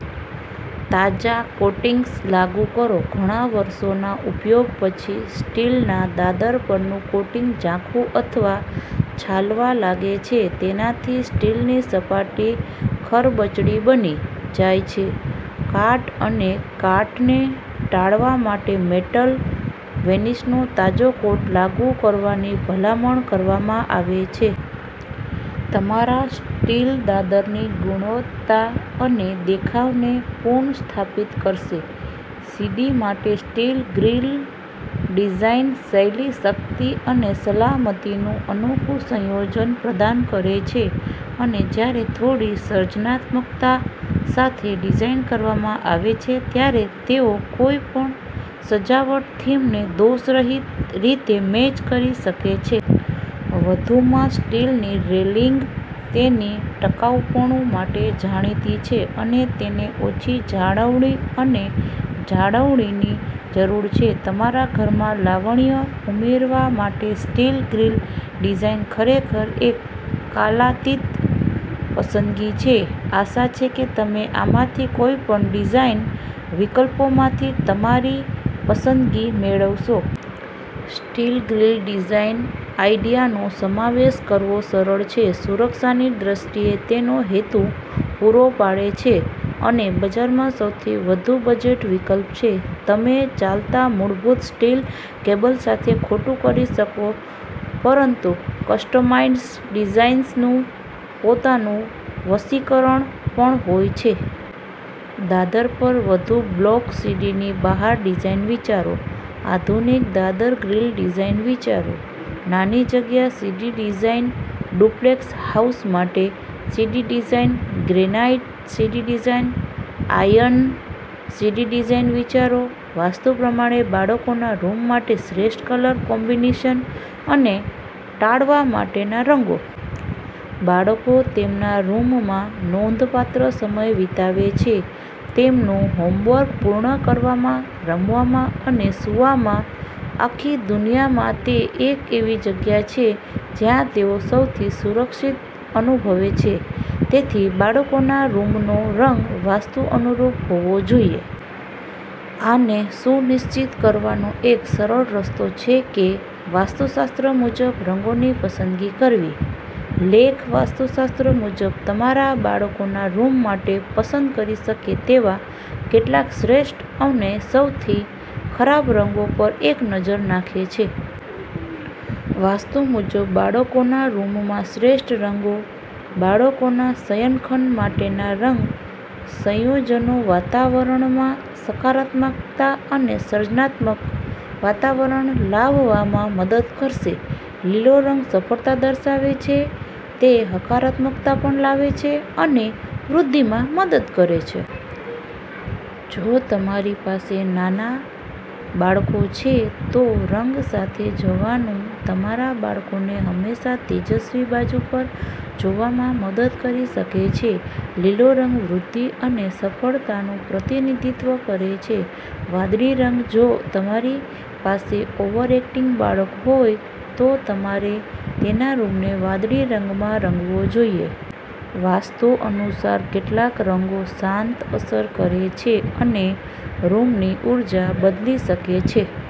તાજા કોટિંગ્સ લાગુ કરો. ઘણા વર્ષોના ઉપયોગ પછી સ્ટીલના દાદર પરનું કોટિંગ ઝાંખું અથવા છાલવા લાગે છે. તેનાથી સ્ટીલની સપાટી ખરબચડી બની જાય છે. કાટ અને કાટને ટાળવા માટે, મેટલ વેનિશનો તાજો કોટ લાગુ કરવાની ભલામણ કરવામાં આવે છે. તમારા સ્ટીલ દાદરની ગુણવત્તા અને દેખાવને પુનઃસ્થાપિત કરશે. સીડી માટે સ્ટીલ ગ્રીલ ડિઝાઇન શૈલી, શક્તિ અને સલામતીનું અનોખું સંયોજન પ્રદાન કરે છે. અને જ્યારે થોડી સર્જનાત્મકતા સાથે ડિઝાઇન કરવામાં આવે છે, ત્યારે તેઓ કોઈપણ સજાવટ થીમને દોષરહિત રીતે મેચ કરી શકે છે. વધુમાં, સ્ટીલની રેલિંગ તેની ટકાઉપણું માટે જાણીતી છે અને તેને ઓછી જાળવણી અને જાળવણીની જરૂર છે. તમારા ઘરમાં લાવણ્ય ઉમેરવા માટે સ્ટીલ ગ્રીલ ડિઝાઇન ખરેખર એક કાલાતીત પસંદગી છે. આશા છે કે તમે આમાંથી કોઈપણ ડિઝાઇન વિકલ્પોમાંથી તમારી પસંદગી મેળવશો. સ્ટીલ ગ્રીલ ડિઝાઇન આઇડિયાનો સમાવેશ કરવો સરળ છે. સુરક્ષાની દ્રષ્ટિએ તેનો હેતુ પૂરો પાડે છે અને બજારમાં સૌથી વધુ બજેટ વિકલ્પ છે. તમે ચાલતા મૂળભૂત સ્ટીલ કેબલ સાથે ખોટું કરી શકો પરંતુ કસ્ટમાઇઝ્ડ ડિઝાઇન્સનું પોતાનું વશીકરણ પણ હોય છે. દાદર પર વધુ બ્લોગ્સ સીડીની બહાર ડિઝાઇન વિચારો. આધુનિક દાદર ગ્રીલ ડિઝાઇન વિચારો. નાની જગ્યા સીડી ડિઝાઇન, ડુપ્લેક્સ હાઉસ માટે સીડી ડિઝાઇન, ગ્રેનાઈટ સીડી ડિઝાઇન, આયર્ન સીડી ડિઝાઇન વિચારો. વાસ્તુ પ્રમાણે બાળકોના રૂમ માટે શ્રેષ્ઠ કલર કોમ્બિનેશન અને ટાળવા માટેના રંગો. બાળકો તેમના રૂમમાં નોંધપાત્ર સમય વિતાવે છે. તેમનું હોમવર્ક પૂર્ણ કરવામાં, રમવામાં અને સૂવામાં. આખી દુનિયામાં તે એક એવી જગ્યા છે જ્યાં તેઓ સૌથી સુરક્ષિત અનુભવે છે. તેથી, બાળકોના રૂમનો રંગ વાસ્તુ અનુરૂપ હોવો જોઈએ. આને સુનિશ્ચિત કરવાનો એક સરળ રસ્તો છે કે વાસ્તુશાસ્ત્ર મુજબ રંગોની પસંદગી કરવી. લેખ વાસ્તુશાસ્ત્ર મુજબ તમારા બાળકોના રૂમ માટે પસંદ કરી શકે તેવા કેટલાક શ્રેષ્ઠ અને સૌથી ખરાબ રંગો પર એક નજર નાખે છે. વાસ્તુ મુજબ બાળકોના રૂમના શ્રેષ્ઠ રંગો, બાળકોના શયનખંડ માટેના રંગ સંયોજનો વાતાવરણમાં સકારાત્મક અને સર્જનાત્મક વાતાવરણ લાવવામાં મદદ કરશે. લીલો રંગ સફળતા દર્શાવે છે. તે હકારાત્મકતા પણ લાવે છે અને વૃદ્ધિમાં મદદ કરે છે. જો તમારી પાસે નાના બાળકો છે, તો રંગ સાથે જવાનું તમારા બાળકોને હંમેશા તેજસ્વી બાજુ પર જોવામાં મદદ કરી શકે છે. લીલો રંગ વૃદ્ધિ અને સફળતાનું પ્રતિનિધિત્વ કરે છે. વાદળી રંગ જો તમારી પાસે ઓવરએક્ટિવ બાળક હોય, તો તમારે તેના રૂમને વાદળી રંગમાં રંગવો જોઈએ. વાસ્તુ અનુસાર કેટલાક રંગો શાંત અસર કરે છે અને રૂમની ઊર્જા બદલી શકે છે.